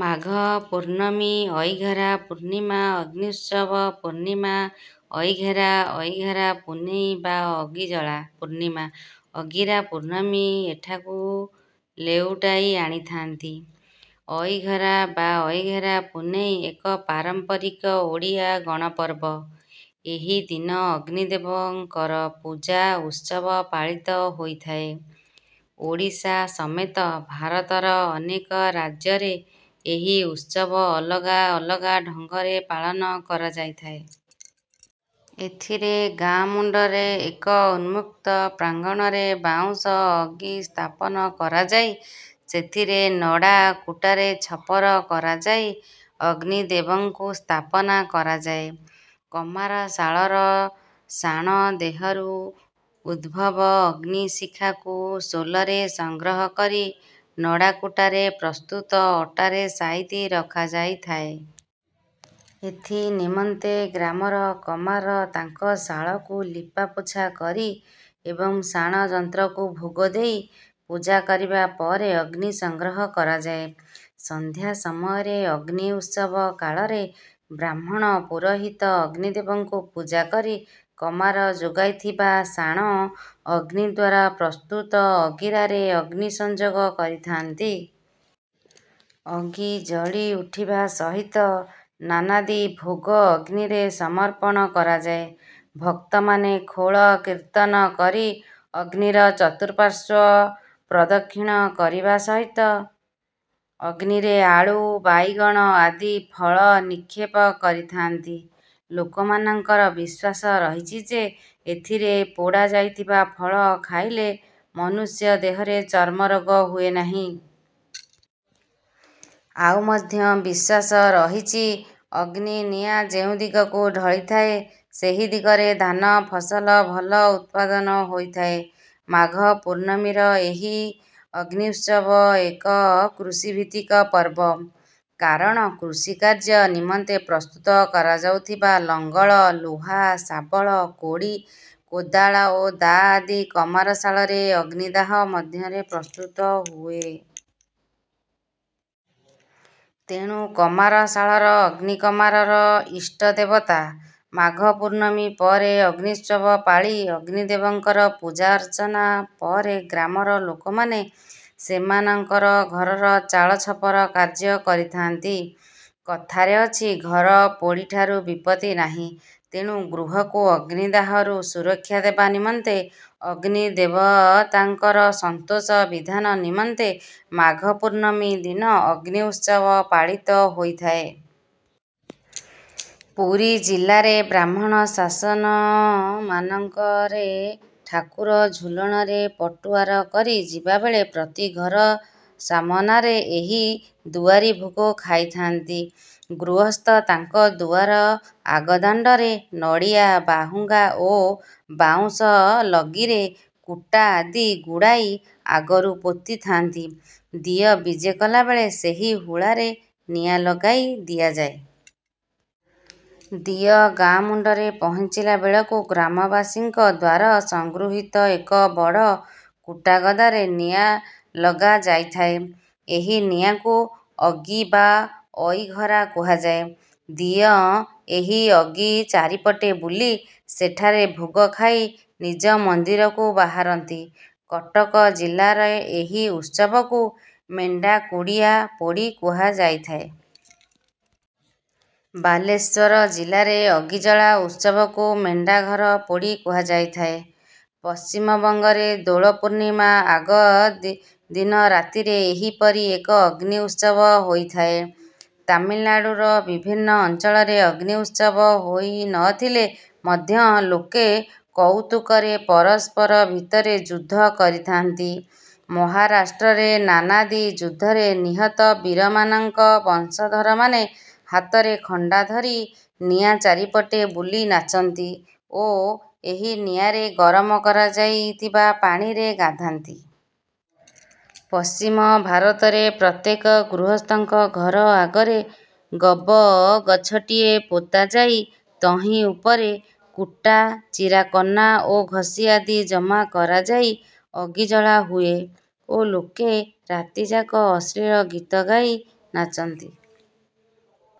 ମାଘ ପୂର୍ଣ୍ଣମୀ ଅଇଘରା ପୂର୍ଣ୍ଣିମା ଅଗ୍ନ୍ୟୁତ୍ସବ ପୂର୍ଣ୍ଣିମା ଅଇଘେରା ଅଇଘରା ପୁନେଇଁ ବା ଅଗିଜଳା ପୂର୍ଣ୍ଣିମା ଅଗିରା ପୂର୍ଣ୍ଣମୀ ଏଠାକୁ ଲେଉଟାଇ ଆଣିଥାନ୍ତି। ଅଇଘରା ବା ଅଇଘରା ପୁନେଇଁ ଏକ ପାରମ୍ପାରିକ ଓଡ଼ିଆ ଗଣପର୍ବ। ଏହି ଦିନ ଅଗ୍ନିଦେବଙ୍କର ପୂଜା ଉତ୍ସବ ପାଳିତ ହୋଇଥାଏ। ଓଡ଼ିଶା ସମେତ ଭାରତର ଅନେକ ରାଜ୍ୟରେ ଏହି ଉତ୍ସବ ଅଲଗା ଅଲଗା ଢଙ୍ଗରେ ପାଳନ କରାଯାଇଥାଏ। ଏଥିରେ ଗାଁ ମୁଣ୍ଡରେ ଏକ ଉନ୍ମୁକ୍ତ ପ୍ରାଙ୍ଗଣରେ ବାଉଁଶ ଅଗି ସ୍ଥାପନ କରାଯାଇ ସେଥିରେ ନଡ଼ା କୁଟାରେ ଛପର କରାଯାଇ ଅଗ୍ନି ଦେବଙ୍କୁ ସ୍ଥାପନ କରାଯାଏ। କମାରଶାଳର ଶାଣ ଦେହରୁ ଉଦ୍ଭବ ଅଗ୍ନିଶିଖାକୁ ଶୋଲରେ ସଂଗ୍ରହ କରି ନଡ଼ା କୁଟାରେ ପ୍ରସ୍ତୁତ ଅଟାରେ ସାଇତି ରଖାଯାଇଥାଏ। ଏଥି ନିମନ୍ତେ ଗ୍ରାମର କମାର ତାଙ୍କ ଶାଳକୁ ଲିପା ପୋଛା କରି ଏବଂ ଶାଣ ଯନ୍ତ୍ରକୁ ଭୋଗ ଦେଇ ପୂଜା କରିବା ପରେ ଅଗ୍ନି ସଂଗ୍ରହ କରାଯାଏ। ସନ୍ଧ୍ୟା ସମୟରେ ଅଗ୍ନି ଉତ୍ସବ କାଳରେ ବ୍ରାହ୍ମଣ ପୁରୋହିତ ଅଗ୍ନିଦେବଙ୍କୁ ପୂଜା କରି କମାର ଯୋଗାଇଥିବା ଶାଣ ଅଗ୍ନିଦ୍ୱାରା ପ୍ରସ୍ତୁତ ଅଗିରାରେ ଅଗ୍ନି ସଂଯୋଗ କରିଥାଆନ୍ତି। ଅଗି ଜଳି ଉଠିବା ସହିତ ନାନାଦି ଭୋଗ ଅଗ୍ନିରେ ସମର୍ପଣ କରାଯାଏ। ଭକ୍ତମାନେ ଖୋଳ କୀର୍ତ୍ତନ କରି ଅଗ୍ନିର ଚତୁଃପାର୍ଶ୍ୱ ପ୍ରଦକ୍ଷିଣ କରିବା ସହିତ ଅଗ୍ନିରେ ଆଳୁ ବାଇଗଣ ଆଦି ଫଳ ନିକ୍ଷେପ କରିଥାଆନ୍ତି। ଲୋକମାନଙ୍କର ବିଶ୍ୱାସ ରହିଛି ଯେ ଏଥିରେ ପୋଡ଼ା ଯାଇଥିବା ଫଳ ଖାଇଲେ ମନୁଷ୍ୟ ଦେହରେ ଚର୍ମରୋଗ ହୁଏ ନାହିଁ। ଆଉ ମଧ୍ୟ ବିଶ୍ୱାସ ରହିଛି ଅଗ୍ନି ନିଆଁ ଯେଉଁ ଦିଗକୁ ଢଳିଥାଏ ସେହି ଦିଗରେ ଧାନ ଫସଲ ଭଲ ଉତ୍ପାଦନ ହୋଇଥାଏ। ମାଘ ପୂର୍ଣ୍ଣମୀର ଏହି ଅଗ୍ନ୍ୟୁତ୍ସବ ଏକ କୃଷିଭିତ୍ତିକ ପର୍ବ। କାରଣ କୃଷି କାର୍ଯ୍ୟ ନିମନ୍ତେ ପ୍ରସ୍ତୁତ କରାଯାଉଥିବା ଲଙ୍ଗଳ ଲୁହା ଶାବଳ କୋଡ଼ି କୋଦାଳ ଓ ଦାଆ ଆଦି କମାର ଶାଳରେ ଅଗ୍ନିଦାହ ମଧ୍ୟରେ ପ୍ରସ୍ତୁତ ହୁଏ। ତେଣୁ କମାର ଶାଳର ଅଗ୍ନି କମାରର ଇଷ୍ଟ ଦେବତା। ମାଘ ପୂର୍ଣ୍ଣମୀ ପରେ ଅଗ୍ନ୍ୟୁତ୍ସବ ପାଳି ଅଗ୍ନି ଦେବଙ୍କର ପୂଜା ଅର୍ଚ୍ଚନା ପରେ ଗ୍ରାମର ଲୋକମାନେ ସେମାନଙ୍କର ଘରର ଚାଳ ଛପର କାର୍ଯ୍ୟ କରିଥାଆନ୍ତି। କଥାରେ ଅଛି ଘର ପୋଡ଼ିଠାରୁ ବିପତ୍ତି ନାହିଁ। ତେଣୁ ଗୃହକୁ ଅଗ୍ନିଦାହରୁ ସୁରକ୍ଷା ଦେବା ନିମନ୍ତେ ଅଗ୍ନି ଦେବତାଙ୍କର ସନ୍ତୋଷ ବିଧାନ ନିମନ୍ତେ ମାଘ ପୂର୍ଣ୍ଣମୀ ଦିନ ଅଗ୍ନି ଉତ୍ସବ ପାଳିତ ହୋଇଥାଏ। ପୁରୀ ଜିଲ୍ଲାରେ ବ୍ରାହ୍ମଣ ଶାସନମାନଙ୍କରେ ଠାକୁର ଝୁଲଣରେ ପଟୁଆର କରି ଯିବାବେଳେ ପ୍ରତି ଘର ସାମନାରେ ଏହି ଦୁଆରି ଭୋଗ ଖାଇଥାନ୍ତି। ଗୃହସ୍ଥ ତାଙ୍କ ଦୁଆର ଆଗ ଦାଣ୍ଡରେ ନଡ଼ିଆ ବାହୁଙ୍ଗା ଓ ବାଉଁଶ ଲଗିରେ କୁଟା ଆଦି ଗୁଡ଼ାଇ ଆଗରୁ ପୋତି ଥାନ୍ତି। ଦିଅଁ ବିଜେ କଲାବେଳେ ସେହି ହୁଳାରେ ନିଆଁ ଲଗାଇ ଦିଆଯାଏ। ଦିଅଁ ଗାଁ ମୁଣ୍ଡରେ ପହଞ୍ଚିଲା ବେଳକୁ ଗ୍ରାମବାସୀଙ୍କ ଦ୍ୱାରା ସଂଗୃହିତ ଏକ ବଡ଼ କୁଟାଗଦାରେ ନିଆଁ ଲଗାଯାଇଥାଏ। ଏହି ନିଆଁକୁ ଅଗି ବା ଅଇଘରା କୁହାଯାଏ। ଦିଅଁ ଏହି ଅଗି ଚାରିପଟେ ବୁଲି ସେଠାରେ ଭୋଗ ଖାଇ ନିଜ ମନ୍ଦିରକୁ ବାହାରନ୍ତି। କଟକ ଜିଲ୍ଲାରେ ଏହି ଉତ୍ସବକୁ ମେଣ୍ଢାକୁଡ଼ିଆ ପୋଡ଼ି କୁହାଯାଇଥାଏ। ବାଲେଶ୍ୱର ଜିଲ୍ଲାରେ ଅଗିଜଳା ଉତ୍ସବକୁ ମେଣ୍ଢାଘର ପୋଡ଼ି କୁହାଯାଇଥାଏ। ପଶ୍ଚିମବଙ୍ଗରେ ଦୋଳ ପୂର୍ଣ୍ଣିମା ଆଗ ଦିନ ରାତିରେ ଏହି ପରି ଏକ ଅଗ୍ନି ଉତ୍ସବ ହୋଇଥାଏ। ତାମିଲନାଡୁର ବିଭିନ୍ନ ଅଞ୍ଚଳରେ ଅଗ୍ନି ଉତ୍ସବ ହୋଇନଥିଲେ ମଧ୍ୟ ଲୋକେ କଉତୁକରେ ପରସ୍ପର ଭିତରେ ଯୁଦ୍ଧ କରିଥାନ୍ତି। ମହାରାଷ୍ଟ୍ରରେ ନାନାଦି ଯୁଦ୍ଧରେ ନିହତ ବୀରମାନଙ୍କ ବଂଶଧରମାନେ ହାତରେ ଖଣ୍ଡା ଧରି ନିଆଁ ଚାରିପଟେ ବୁଲି ନାଚନ୍ତି ଓ ଏହି ନିଆଁରେ ଗରମ କରାଯାଇଥିବା ପାଣିରେ ଗାଧାନ୍ତି। ପଶ୍ଚିମ ଭାରତରେ ପ୍ରତ୍ୟେକ ଗୃହସ୍ଥଙ୍କ ଘର ଆଗରେ ଗବଗଛଟିଏ ପୋତାଯାଇ ତହିଁ ଉପରେ କୁଟା ଚିରାକନା ଓ ଘଷି ଆଦି ଜମା କରାଯାଇ ଅଗି ଜଳା ହୁଏ ଓ ଲୋକେ ରାତିଯାକ ଅଶ୍ଳୀଳ ଗୀତ ଗାଇ ନାଚନ୍ତି।